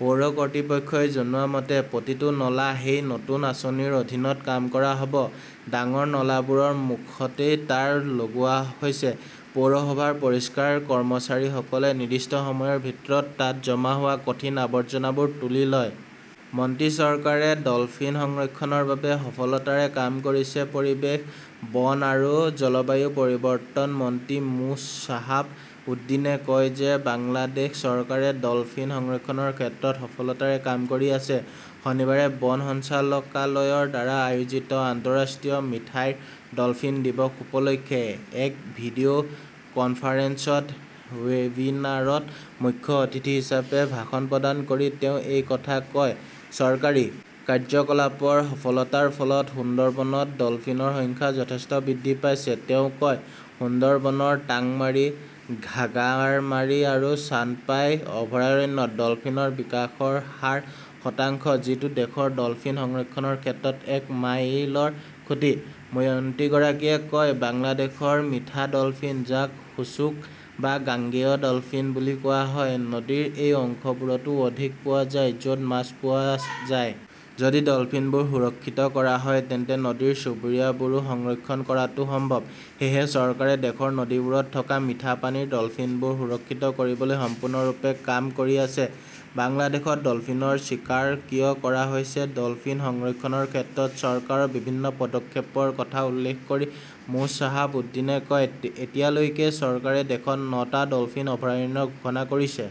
পৌৰ কৰ্তৃপক্ষই জনোৱা মতে, প্ৰতিটো নলা সেই নতুন আঁচনিৰ অধীনত কাম কৰা হ 'ব। ডাঙৰ নালাবোৰৰ মুখতে তাঁৰ লগোৱা হৈছে। পৌৰসভাৰ পৰিষ্কাৰ কৰ্মচাৰীসকলে নিৰ্দিষ্ট সময়ৰ ভিতৰত তাত জমা হোৱা কঠিন আৱৰ্জনাবোৰ তুলি লয়। মন্ত্ৰী চৰকাৰে ডলফিন সংৰক্ষণৰ বাবে সফলতাৰে কাম কৰিছে পৰিৱেশ, বন আৰু জলবায়ু পৰিৱৰ্তন মন্ত্ৰী মো শ্বাহাব উদ্দিনে কয় যে বাংলাদেশ চৰকাৰে ডলফিন সংৰক্ষণৰ ক্ষেত্ৰত সফলতাৰে কাম কৰি আছে। শনিবাৰে বন সঞ্চালকালয়ৰ দ্বাৰা আয়োজিত আন্তঃৰাষ্ট্ৰীয় মিঠাইৰ ডলফিন দিৱস- উপলক্ষে এক ভিডিঅ কনফাৰেন্সত ৱেবিনাৰত মুখ্য অতিথি হিচাপে ভাষণ প্ৰদান কৰি তেওঁ এই কথা কয়। চৰকাৰী কাৰ্যকলাপৰ সফলতাৰ ফলত সুন্দৰবনত ডলফিনৰ সংখ্যা যথেষ্ট বৃদ্ধি পাইছে, তেওঁ কয়। সুন্দৰবনৰ ঢাংমাৰী, ঘাগাৰমাৰী আৰু চান্দপাই অভয়াৰণ্যত ডলফিনৰ বিকাশৰ হাৰ শতাংশ যিটো দেশৰ ডলফিন সংৰক্ষণৰ ক্ষেত্ৰত এক মাইলৰ খুঁটি। মন্ত্ৰীগৰাকীয়ে কয়, বাংলাদেশৰ মিঠা ডলফিন, যাক শুছুক বা গাঙ্গেয় ডলফিন বুলি কোৱা হয়, নদীৰ সেই অংশবোৰতো অধিক পোৱা যায় য 'ত মাছ পোৱা যায়। যদি ডলফিনবোৰ সুৰক্ষিত কৰা হয় তেন্তে নদীৰ চুবুৰীয়াবোৰো সংৰক্ষণ কৰাটো সম্ভৱ। সেয়েহে চৰকাৰে দেশৰ নদীবোৰত থকা মিঠা পানীৰ ডলফিনবোৰ সুৰক্ষিত কৰিবলৈ সম্পূৰ্ণৰূপে কাম কৰি আছে। বাংলাদেশত ডলফিনৰ চিকাৰ কিয় কৰা হৈছে? ডলফিন সংৰক্ষণৰ ক্ষেত্ৰত চৰকাৰৰ বিভিন্ন পদক্ষেপৰ কথা উল্লেখ কৰি মো শ্বাহাব উদ্দীনে কয়, এতিয়ালৈকে চৰকাৰে দেশত ন'টা ডলফিন অভয়াৰণ্য ঘোষণা কৰিছে।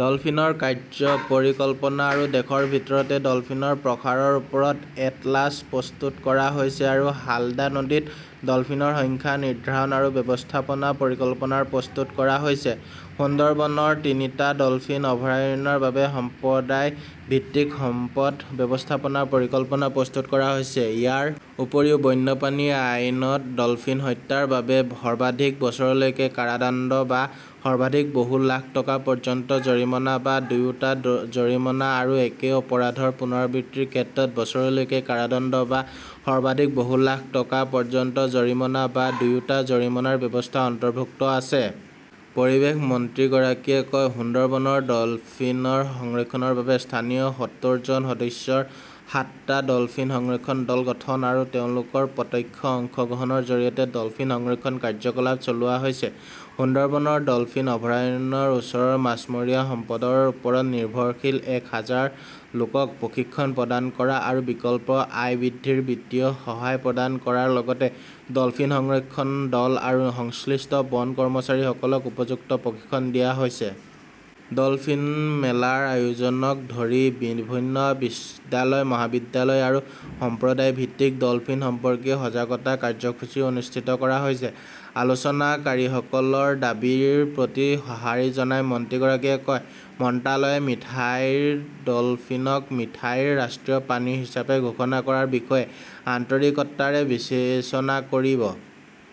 ডলফিনৰ কাৰ্য্য পৰিকল্পনা আৰু দেশৰ ভিতৰত ডলফিনৰ প্ৰসাৰৰ ওপৰত এটলাস প্ৰস্তুত কৰা হৈছে আৰু হালদা নদীত ডলফিনৰ সংখ্যা নিৰ্ধাৰণ আৰু ব্যৱস্থাপনা পৰিকল্পনা প্ৰস্তুত কৰা হৈছে। সুন্দৰবনৰ তিনিটা ডলফিন অভয়াৰণ্যৰ বাবে সম্প্ৰদায় ভিত্তিক সম্পদ ব্যৱস্থাপনা পৰিকল্পনা প্ৰস্তুত কৰা হৈছে। ইয়াৰ উপৰিও বন্যপ্ৰাণী আইনত ডলফিন হত্যাৰ বাবে সৰ্বাধিক বছৰলৈকে কাৰাদণ্ড বা সৰ্বাধিক বহু লাখ টকা পৰ্যন্ত জৰিমনা বা দুয়োটা জৰিমনা আৰু একে অপৰাধৰ পুনৰাবৃত্তিৰ ক্ষেত্ৰত বছৰলৈকে কাৰাদণ্ড বা সৰ্বাধিক বহু লাখ টকা পৰ্যন্ত জৰিমনা বা দুয়োটা জৰিমনাৰ ব্যৱস্থা অন্তৰ্ভুক্ত আছে। পৰিৱেশ মন্ত্ৰীগৰাকীয়ে কয়, সুন্দৰবনৰ ডলফিন সংৰক্ষণৰ বাবে স্থানীয় সত্তৰজন সদস্যৰ সাতটা ডলফিন সংৰক্ষণ দল গঠন আৰু তেওঁলোকৰ প্ৰত্যক্ষ অংশগ্ৰহণৰ জৰিয়তে ডলফিন সংৰক্ষণ কাৰ্যকলাপ চলোৱা হৈছে। সুন্দৰবনৰ ডলফিন অভয়াৰণ্যৰ ওচৰৰ মাছমৰীয়া সম্পদৰ ওপৰত নিৰ্ভৰশীল এক হাজাৰ লোকক প্ৰশিক্ষণ প্ৰদান কৰা আৰু বিকল্প আয় বৃদ্ধিৰ বিত্তীয় সহায় প্ৰদান কৰাৰ লগতে ডলফিন সংৰক্ষণ দল আৰু সংশ্লিষ্ট বন কৰ্মচাৰীসকলক উপযুক্ত প্ৰশিক্ষণ দিয়া হৈছে। ডলফিন মেলাৰ আয়োজনকে ধৰি বিভিন্ন বিদ্যালয়-মহাবিদ্যালয় আৰু সম্প্ৰদায় ভিত্তিক ডলফিন সম্পৰ্কীয় সজাগতা কাৰ্যসূচীও অনুষ্ঠিত কৰা হৈছে। আলোচনাকাৰীসকলৰ দাবীৰ প্ৰতি সঁহাৰি জনাই মন্ত্ৰীগৰাকীয়ে কয়, মন্ত্ৰালয়ে মিঠাইৰ ডলফিনক মিঠাইৰ ৰাষ্ট্ৰীয় প্ৰাণী হিচাপে ঘোষণা কৰাৰ বিষয়ে আন্তৰিকতাৰে বিবেচনা কৰিব।